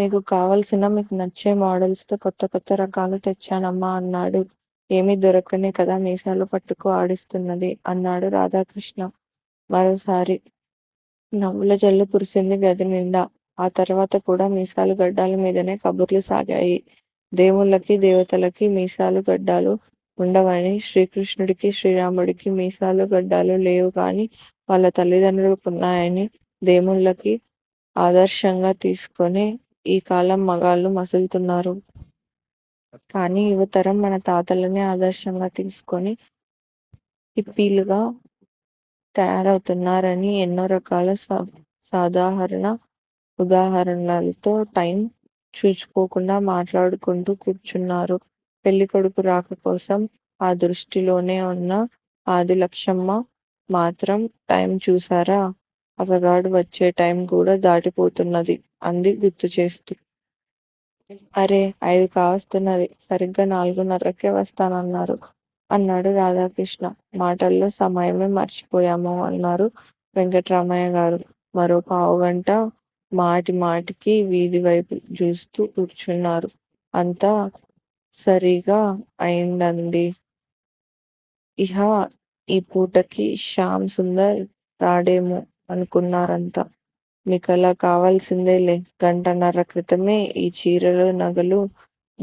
మీకు కావలసిన మీకు నచ్చే మోడల్సుతో కొత్త కొత్త రకాలు తెచ్చానమ్మా! అన్నాడు. ఏమి దొరక్కనే కదా మీసాలు పట్టుకు ఆడిస్తున్నది? అన్నాడు రాధాకృష్ణ మరోసారి. నవ్వుల జల్లు కురిసింది గది నిండా. ఆ తర్వాత కూడా మీసాలు గడ్డాలు మీదనే కబుర్లు సాగాయి. దేముళ్ళకి దేవతలకి మీసాలు గడ్డాలు వుండవని శ్రీకృష్ణుడికి, శ్రీరాముడికి మీసాలు గడ్డాలు లేవుగాని వాళ్ళ తండ్రులకున్నాయని దేముళ్ళని ఆదర్శంగా తీసుకునే ఈ కాలం మగాళ్ళు మసులుతున్నారు. కాని యువతరం మన తాతలనే ఆదర్శంగా తీసుకుని హిప్పీలలా తయారవుతున్నారని ఎన్నో రకాల సోదాహరణ వుదాహరణతో టైమ్ చూచుకోకుండా మాట్లాడుకుంటూ కూర్చున్నారు. పెళ్లికొడుకు రాక కోసం ఆ దృష్టిలోనే వున్న ఆదిలక్ష్మమ్మ మాత్రం టైము చూశారా? అతగాడు వచ్చే టైమ్ కూడ దాటి పోతున్నది అంది గుర్తుచేస్తూ. అరె అయిదు కావస్తున్నది. సరీగా నాలుగున్నరకే వస్తానన్నారు. అన్నాడు రాధాకృష్ణ. మాటల్లో సమయమే మర్చిపోయాము అన్నారు వెంకట్రామయ్యగారు. మరో పావు గంట మాటి మాటికి వీధి వైపు జూస్తూ కూర్చున్నారు. అంతా సరీగ అయిదయింది. ఇహ ఈ పూటకి శ్యామ్ సుందర్ రాడేమో? అనుకున్నారంతా. మీకలా కావసిందేలే, గంటన్నర క్రితమే ఈ చీరలు నగలు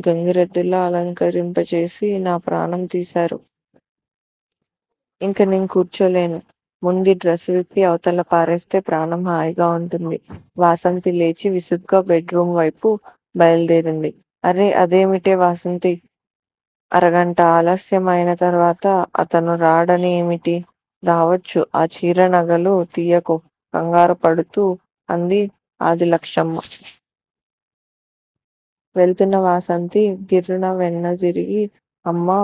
గంగిరెద్దులా అలంకరింపజేసి నా ప్రాణం తీశారు. ఇంక నేకూర్చోలేను. ముందీ డ్రస్ విప్పి అవతల పారేస్తే ప్రాణం హాయిగా వుంటుంది. వాసంతి లేచి విసుగ్గా బెడ్ రూమ్ వైపు బయలుదేరింది. అరె అదేమిటే వాసంతీ? అరగంట ఆలస్యం అయిన తర్వాత అతను రాడని ఏమిటి? రావచ్చు ఆ చీర నగలు తియ్యకు కంగారు పడిపోతూ అంది ఆదిలక్ష్మమ్మ. వెళుతున్న వాసంతి గిర్రున వెనుతిరిగి అమ్మా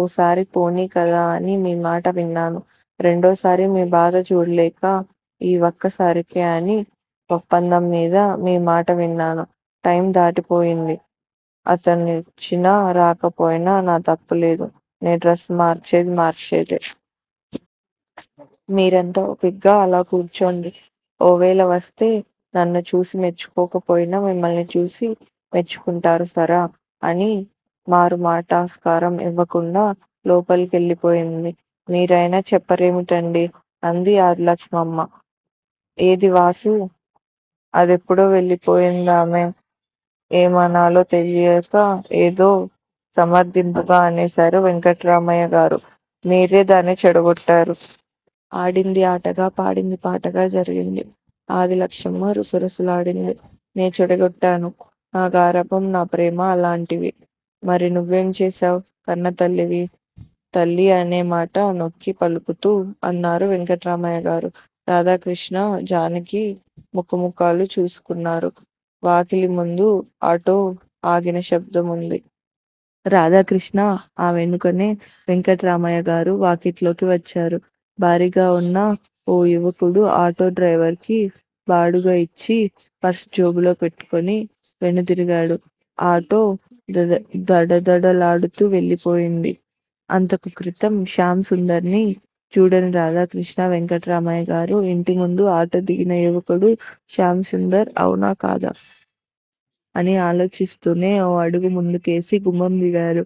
ఓసారి పోనీ కదా అని మీ మాట విన్నాను. రెండోసారి మీ బాధ జూడలేక ఈ వక్కసారికే అనే వప్పందంమీద మీ మాట విన్నాను. టైమ్ దాటిపోయింది. అతనొచ్చినా రాకపోయినా నా తప్పులేదు. నే డ్రస్ మార్చేది మార్చేదే. మీరంతా ఓపిగ్గా అలా కూర్చోండి ఓవేళ వస్తే నన్ను చూసి మెచ్చుకోకపోయినా మిమ్మల్ని చూసి మెచ్చుకుంటారు సరా! అని మారు మాటకాస్కారం యివ్వకుండా లోపలికెళ్ళిపోయింది. మీరయినా చెప్పరేమిటండి? అంది ఆదిలక్ష్మమ్మ. ఏది వాసు? అదెప్పుడో వెళ్లిపోయిందామె? ఏమనాలో తెలియక ఏదో సమర్ధింపుగా అనేశారు వెంకట్రామయ్యగారు. మీరే దాన్ని చెడగొట్టారు. ఆడింది ఆటగా పాడింది పాటగా జరిగింది ఆదిలక్ష్మమ్మ రుసరుసలాడింది. నే చెడగొట్టాను. నా గారాభం నాప్రేమ అలాంటివి. మరి నువ్వేం చేశావ్, కన్నతల్లివి? తల్లి అనేమాట నొక్కి పలుకుతూ అన్నారు వెంకట్రామయ్య గారు. రాధాకృష్ణ, జానకి ముఖ ముఖాలు చూసుకున్నారు. వాకిలి ముందు ఆటో ఆగిన శబ్దమయింది. రాధాకృష్ణ ఆ వెనుకనే వెంకట్రామయ్య గారు వాకిట్లోకి వచ్చారు. భారీగా వున్న ఓ యువకుడు. ఆటో డ్రైవర్ కి బాడుగ యిచ్చి పర్స జేబులో పెట్టుకుని వెనుతిరిగాడు. ఆటో దడదడలాడుతూ వెళ్ళిపోయింది. అంతకు క్రితం శ్యామ్ సుందర్ ని జూడని రాధాకృష్ణ వెంకట్రామయ్య గారు, ఇంటి ముందు ఆటో దిగిన యువకుడు శ్యామ్ సుందర్ అవునా కాదా! అని ఆలోచిస్తూనే ఓ అడుగు ముందుకేసి గుమ్మంది గారు.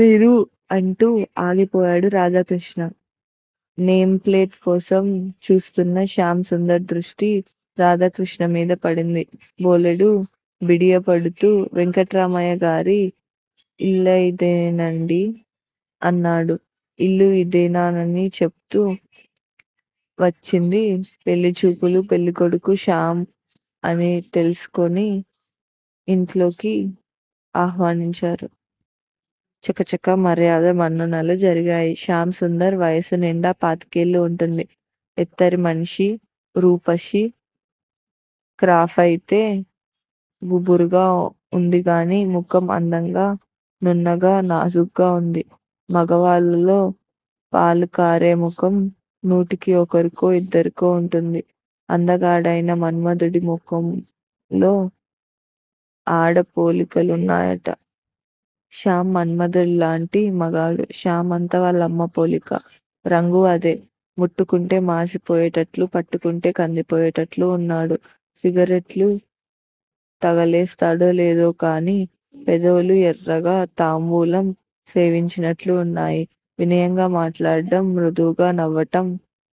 మీరు! అంటూ ఆగిపోయాడు రాధాకృష్ణ. నేమ్ ప్లేట్ కోసం చూస్తున్న శ్యామ్ సుందర్ దృష్టి రాధాకృష్ణ మీద పడింది. బోలెడు బిడియపడుతూ వెంకట్రామయ్యగారి యిల్లుయిదేనాండి! అన్నాడు. ఇల్లు యిదేనని చెపుతు వచ్చింది. పెళ్లిచూపుల పెళ్ళికొడుకు శ్యామ్ అని తెల్సుకుని ఇంట్లోకి ఆహ్వానించారు. చకచక మర్యాద మన్ననలు జరిగాయి. శ్యామ్ సుందర్ వయసు నిండా పాతికేళ్ళు వుంటుంది. ఎత్తరి మనిషి, రూపశి, క్రాఫయితే గుబురుగా వుందిగాని ముఖం అందంగా నున్నగా నాజూగ్గా వుంది. మగవాళ్ళల్లో పాలుకారే ముఖం నూటికి ఒకరికో యిద్దరికో వుంటుంది. అందగాడయిన మన్మధుడి మొహంలో ఆడ పోలికలున్నాయట. శ్యామ్ మన్మధుడిలాంటి మగాడు. శ్యామ్ అంతా వాళ్ళ అమ్మ పోలిక. రంగూ అదే. ముట్టుకుంటే మాశి పోయేటట్లు పట్టుకుంటే కందిపోయేటట్లు వున్నాడు. సిగరెట్లు తగలేస్తాడో లేదోగాని పెదవులు ఎర్రగా తాంబూలం సేవించినట్లు వున్నాయి. వినయంగా మాట్లాడటం మృదువుగా నవ్వటం